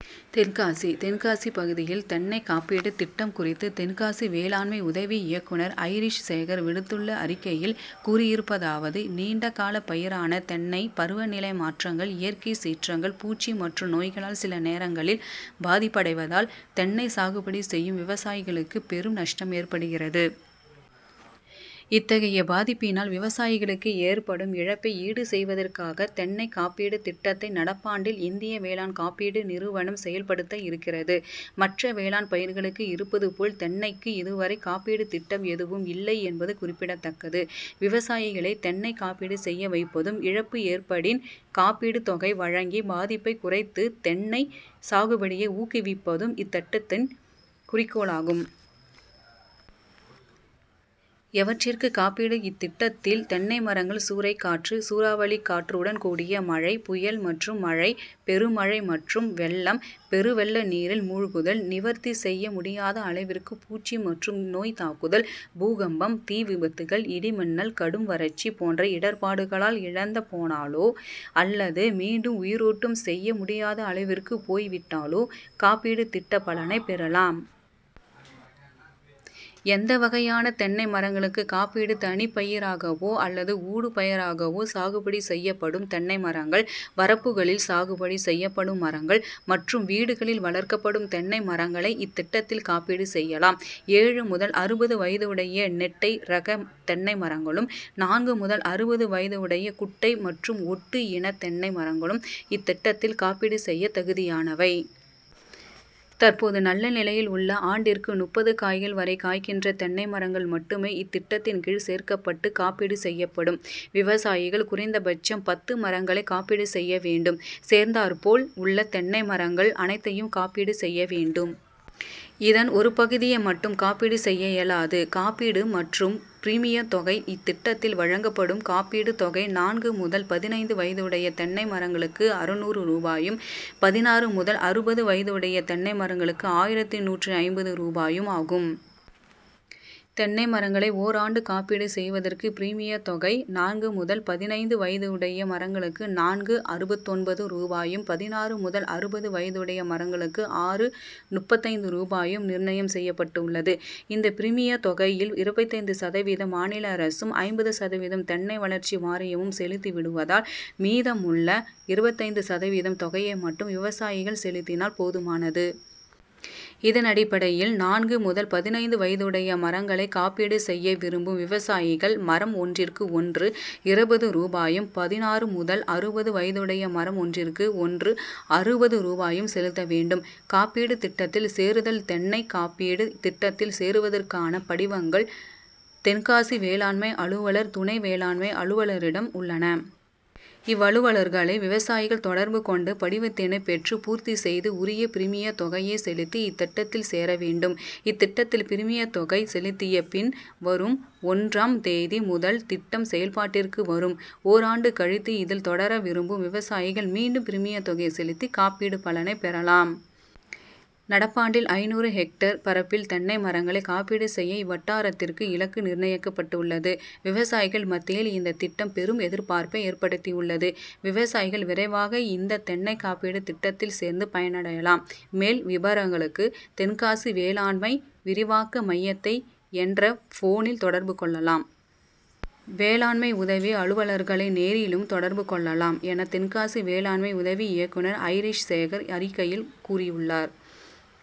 தென்காசி தென்காசி பகுதியில் தென்னை காப்பீடு திட்டம் குறித்து தென்காசி வேளாண்மை உதவி இயக்குநர் ஐரிஷ்சேகர் விடுத்துள்ள அறிக்கையில் கூறியிருப்பதாவது நீண்ட கால பயிரான தென்னை பருவ நிலை மாற்றங்கள், இயற்கை சீற்றங்கள், பூச்சி மற்றும் நோய்களால் சில நேரங்களில் பாதிப்படைவதால் தென்னை சாகுபடி செய்யும் விவசாயிகளுக்கு பெரும் நஷ்டம் ஏற்படுகிறது. இத்தகைய பாதிப்பினால் விவசாயிகளுக்கு ஏற்படும் இழப்பை ஈடு செய்வதற்காக தென்னை காப்பீடு திட்டத்தை நடப்பாண்டில் இந்திய வேளாண் காப்பீடு நிறுவனம் செயல்படுத்த இருக்கிறது. மற்ற வேளாண் பயிர்களுக்கு இருப்பது போல் தென்னைக்கு இதுவரை காப்பீடு திட்டம் எதுவும் இல்லை என்பது குறிப்பிடத்தக்கது. விவசாயிகளை தென்னை காப்பீடு செய்ய வைப்பதும், இழப்பு ஏற்படின் காப்பீடு தொகை வழங்கி பாதிப்பை குறைத்து தென்னை சாகுபடியை ஊக்குவிப்பதும் இத்திட்டத்தின் குறிக்கோளாகும். எவற்றிற்கு காப்பீடுஇத்திட்டத்தில் தென்னை மரங்கள் சூறைக்காற்று, சூறாவளிக்காற்றுடன் கூடிய மழை, புயல் மற்றும் மழை, பெரு மழை மற்றும் வெள்ளம், பெரு வெள்ள நீரில் மூழ்குதல், நிவர்த்தி செய்ய முடியாத அளவிற்கு பூச்சி மற்றும் நோய் தாக்குதல், பூகம்பம், தீ விபத்துகள், இடிமின்னல், கடும் வறட்சி போன்ற இடர்பாடுகளால் இழந்து போனாலோ அல்லது மீண்டும் உயிரூட்டம் செய்ய முடியாத அளவிற்கு போய் விட்டாலோ காப்பீடு திட்ட பலனை பெறலாம். எந்த வகையான தென்னை மரங்களுக்கு காப்பீடுதனிப்பயிராகவோ அல்லது ஊடு பயிராகவோ சாகுபடி செய்யப்படும் தென்னை மரங்கள், வரப்புகளில் சாகுபடி செய்யப்படும் மரங்கள் மற்றும் வீடுகளில் வளர்க்கப்படும் தென்னை மரங்களை இத்திட்டத்தில் காப்பீடு செய்யலாம். ஏழு முதல் அறுபது வயதுடைய நெட்டை ரக தென்னை மரங்களும், நான்கு முதல் அறுபது வயதுடைய குட்டை மற்றும் ஒட்டு இன தென்னை மரங்களும் இத்திட்டத்தில் காப்பீடு செய்ய தகுதியானவை. தற்போது நல்ல நிலையில் உள்ள ஆண்டிற்கு முப்பது காய்கள் வரை காய்க்கின்ற தென்னை மரங்கள் மட்டுமே இத்திட்டத்தின் கீழ் சேர்க்க்கப்பட்டு காப்பீடு செய்யப்படும். விவசாயிகள் குறைந்த பட்சம் பத்து மரங்களை காப்பீடு செய்ய வேண்டும். சேர்ந்தாற்போல் உள்ள தென்னை மரங்கள் அனைத்தையும் காப்பீடு செய்ய வேண்டும். இதன் ஒரு பகுதியை மட்டும் காப்பீடு செய்ய இயலாது. காப்பீடு மற்றும் பிரிமிய தொகைஇத்திட்டத்தில் வழங்கப்படும் காப்பீடு தொகை நான்கு முதல் பதினைந்து வயதுடைய தென்னை மரங்களுக்கு அறுநூறு ரூபாயும், பதினாறு முதல் அறுபது வயதுடைய தென்னை மரங்களுக்கு ஆயிரத்து நூற்று ஐம்பது ரூபாயும் ஆகும். தென்னை மரங்களை ஓர் ஆண்டு காப்பீடு செய்வதற்கு பிரிமிய தொகை நான்கு முதல் பதினைந்து வயதுடைய மரங்களுக்கு நான்கு.அறுபத்தொன்பது ரூபாயும், பதினாறு முதல் அறுபது வயதுடைய மரங்களுக்கு ஆறு.முப்பத்தைந்து ரூபாயும் நிர்ணயம் செய்யப்பட்டுள்ளது. இந்த பிரிமிய தொகையில் இருபத்தைந்து சதவீதம் மாநில அரசும், ஐம்பது சதவீதம் தென்னை வளர்ச்சி வாரியமும் செலுத்தி விடுவதால் மீதமுள்ள இருபத்தைந்து சதவீதம் தொகையை மட்டும் விவசாயிகள் செலுத்தினால் போதுமானது. இதனடிப்படையில் நான்கு முதல் பதினைந்து வயதுடைய மரங்களை காப்பீடு செய்ய விரும்பும் விவசாயிகள் மரம் ஒன்றிக்கு ஒன்று.இருபது ரூபாயும், பதினாறு முதல் அறுபது வயதுடைய மரம் ஒன்றிற்கு ஒன்று.அறுபது ரூபாயும் செலுத்த வேண்டும். காப்பீடு திட்டத்தில் சேருதல்தென்னை காப்பீடு திட்டத்தில் சேருவதற்கான படிவங்கள் தென்காசி வேளாண்மை அலுவலர், துணை வேளாண்மை அலுவலரிடம் உள்ளன. இவ்வலுவலர்களை விவசாயிகள் தொடர்பு கொண்டு படிவத்தினை பெற்று பூர்த்தி செய்து உரிய பிரிமிய தொகையை செலுத்தி இத்திட்டத்தில் சேர வேண்டும். இத்திட்டத்தில் பிரிமிய தொகை செலுத்திய பின் வரும் ஒன்று ம் தேதி முதல் திட்டம் செயல்பாட்டிற்கு வரும். ஓர் ஆண்டு கழித்து இதில் தொடர விரும்பும் விவசாயிகள் மீண்டும் பிரிமிய தொகை செலுத்தி காப்பீடு பலனை பெறலாம். நடப்பாண்டில் ஐந்நூறு ஹெக்டேர் பரப்பில் தென்னை மரங்களை காப்பீடு செய்ய இவ்வட்டாரத்திற்கு இலக்கு நிர்ணயிக்கப்பட்டுள்ளது. விவசாயிகள் மத்தியில் இந்த திட்டம் பெரும் எதிர்பார்ப்பை ஏற்படுத்தியுள்ளது. விவசாயிகள் விரைவாக இந்த தென்னை காப்பீடு திட்டத்தில் சேர்ந்து பயனடையலாம். மேல் விபரங்களுக்கு தென்காசி வேளாண்மை விரிவாக்க மையத்தை என்ற போனில் தொடர்பு கொள்ளலாம். வேளாண்மை உதவி அலுவலர்களை நேரிலும் தொடர்பு கொள்ளலாம் என தென்காசி வேளாண்மை உதவி இயக்குநர் ஐரிஷ்சேகர் அறிக்கையில் கூறியுள்ளார்.